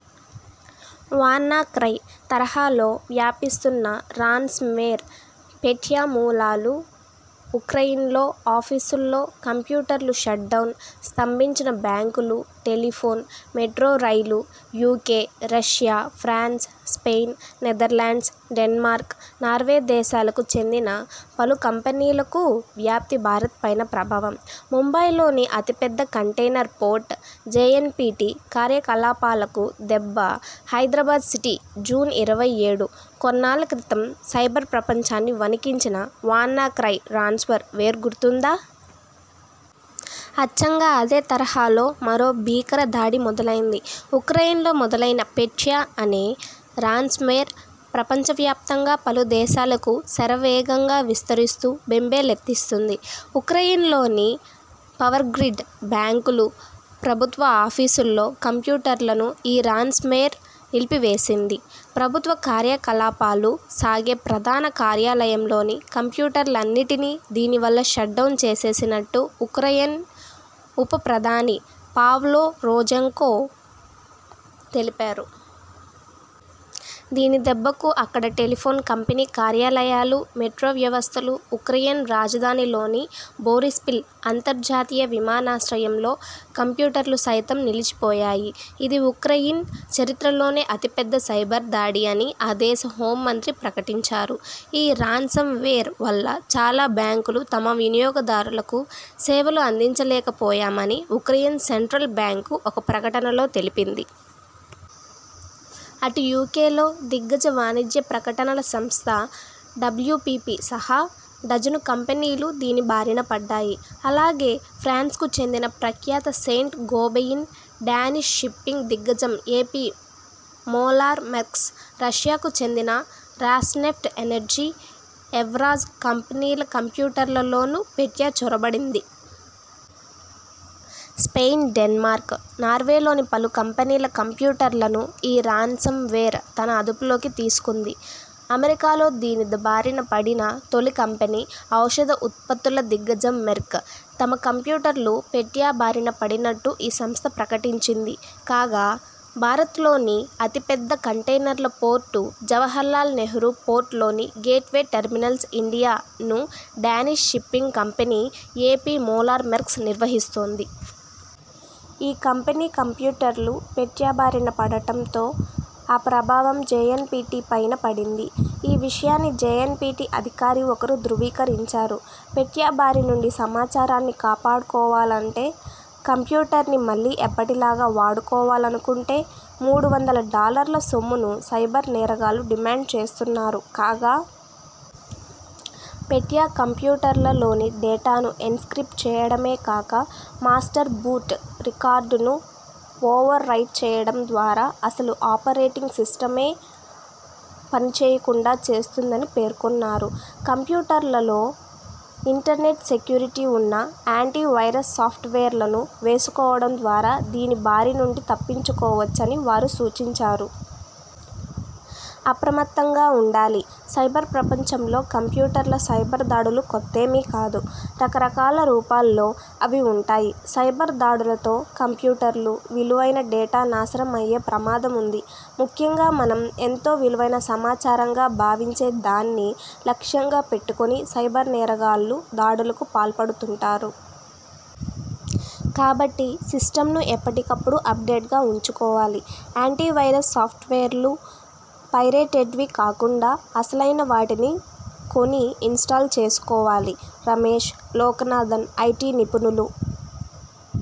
వాన్నా cry' తరహాలో వ్యాపిస్తున్న ransomware పెట్యామూలాలు ఉక్రెయిన్లో.. ఆఫీసుల్లో కంప్యూటర్లు షట్డౌన్.. స్తంభించిన బ్యాంకులు, టెలిఫోన్, మెట్రో రైలుయూకే, Russia, France, Spain, Netherlands, Denmark, Norway దేశాలకు చెందిన పలు కంపెనీలకూ వ్యాప్తి భారత్ పైన ప్రభావం.. ముంబైలోని అతిపెద్ద కంటెయినర్ పోర్ట్ జేఎన్పీటీ కార్యకలాపాలకు దెబ్బ హైదరాబాద్ సిటీ, జూన్ ఇరవై ఏడు కొన్నాళ్ల క్రితం సైబర్ ప్రపంచాన్ని వణికించిన 'వాన్నా క్రై' రాన్సమ్ వేర్ గుర్తుందా? అచ్చంగా అదే తరహాలో మరో భీకర దాడి మొదలైంది. ఉక్రెయిన్లో మొదలైన 'పెట్యా' అనే రాన్సమ్వేర్ ప్రపంచవ్యాప్తంగా పలు దేశాలకు శరవేగంగా విస్తరిస్తూ బెంబేలెత్తిస్తోంది. ఉక్రెయిన్లోని పవర్గ్రిడ్, బ్యాంకులు, ప్రభుత్వ ఆఫీసుల్లో కంప్యూటర్లను ఈ రాన్సమ్వేర్ నిలిపివేసింది. ప్రభుత్వ కార్యకలాపాలు సాగే ప్రధాన కార్యాలయంలోని కంప్యూటర్లన్నిటినీ దీనివల్ల షట్డౌన్ చేసేసినట్టు ఉక్రెయిన్ ఉప ప్రధాని పావ్లో రోజెంకో తెలిపారు. దీని దెబ్బకు అక్కడి టెలిఫోన్ కంపెనీ కార్యాలయాలు, మెట్రో వ్యవస్థలు, ఉక్రెయిన్ రాజధానిలోని బోరిస్పిల్ అంతర్జాతీయ విమానాశ్రయంలో కంప్యూటర్లు సైతం నిలిచిపోయాయి. ఇది ఉక్రెయిన్ చరిత్రలోనే అతిపెద్ద సైబర్ దాడి అని ఆ దేశ హోం మంత్రి ప్రకటించారు. ఈ రాన్సమ్వేర్ వల్ల చాలా బ్యాంకులు తమ వినియోగదారులకు సేవలు అందించలేకపోయాయని ఉక్రెయిన్ సెంట్రల్ బ్యాంకు ఒక ప్రకటనలో తెలిపింది. అటు యూకేలో.. దిగ్గజ వాణిజ్యప్రకటనల సంస్థ డబ్ల్యూపీపీ సహా డజను కంపెనీలు దీని బారిన పడ్డాయి. అలాగే, ఫ్రాన్స్ కు చెందిన ప్రఖ్యాత సెయింట్ గోబెయిన్, డానిష్ షిప్పింగ్ దిగ్గజం ఏపీ మోలర్-మెర్స్క్, రష్యాకు చెందిన రాస్నెఫ్ట్ ఎనర్జీ, ఎవ్రాజ్ కంపెనీల కంప్యూటర్లలోనూ 'పెట్యా' చొరబడింది. స్పెయిన్ డెన్మార్క్, నార్వేలోని పలు కంపెనీల కంప్యూటర్లను ఈ రాన్సమ్వేర్ తన అదుపులోకి తీసుకుంది. అమెరికాలో దీని బారిన పడిన తొలి కంపెనీ.. ఔషధ ఉత్పత్తుల దిగ్గజం మెర్క్. తమ కంప్యూటర్లు పెట్యాబారిన పడినట్టు ఆ సంస్థ ప్రకటించింది. కాగా.. భారత్లోని అతి పెద్ద కంటెయినర్ల పోర్టు జవహర్లాల్ నెహ్రూ పోర్ట్ లోని 'గేట్వే టెర్మినల్స్ ఇండియా 'ను Danish shipping company AP Moller Maersk నిర్వహిస్తోంది. ఆ కంపెనీ కంప్యూటర్లు పెట్యా బారిన పడటంతో ఆ ప్రభావం జేఎన్పీటీపైనా పడింది. ఈ విషయాన్ని జేఎన్పీటీ అధికారి ఒకరు ధ్రువీకరించారు. పెట్యా బారి నుంచి సమాచారాన్ని కాపాడుకోవాలంటే కంప్యూటర్ని మళ్లీ ఎప్పటిలాగా వాడుకోవాలనుకుంటే.. మూడు వందల డాలర్ల సొమ్మును సైబర్ నేరగాళ్లు డిమాండ్ చేస్తున్నారు కాగా. పెట్యా కంప్యూటర్లలోని డేటాను ఎన్క్రిప్ట్ చేయడమే కాక. మాస్టర్ బూట్ రికార్డును ఓవర్ రైట్ చేయడం ద్వారా అసలు ఆపరేటింగ్ సిస్టమే పనిచేయకుండా చేస్తుందని పేర్కొన్నారు. కంప్యూటర్లలో ఇంటర్నెట్ సెక్యూరిటీ ఉన్న యాంటీ వైరస్ సాఫ్ట్వేర్లను వేసుకోవడం ద్వారా దీని బారి నుంచి తప్పించుకోవచ్చని వారు సూచించారు. అప్రమత్తంగా ఉండాలిసైబర్ ప్రపంచంలో కంప్యూటర్ల్ సైబర్ దాడులు కొత్తేమి కాదు. రకరకాల రూపాల్లో అవి ఉంటాయి. సైబర్ దాడులతో కంప్యూటర్లు, విలువైన డేటా నాశనం అయ్యే ప్రమాదం ఉంది. ముఖ్యంగా మనం ఎంతో విలువైన సమాచారంగా భావించే దాన్ని లక్ష్యంగా పెట్టుకొని సైబర్ నేరగాళ్లు దాడులకు పాల్పడుతుంటారు. కాబట్టి సిస్టమ్ ను ఎప్పటికప్పుడు అప్డేట్ గా ఉంచుకోవాలి. యాంటీవైరస్ సాఫ్ట్వేర్లు పైరేటెడ్వి కాకుండా అసలైనవాటిని కొని ఇన్స్టాల్ చేసుకోవాలి. -రమేష్ లోకనాథన్, ఐటీ నిపుణులు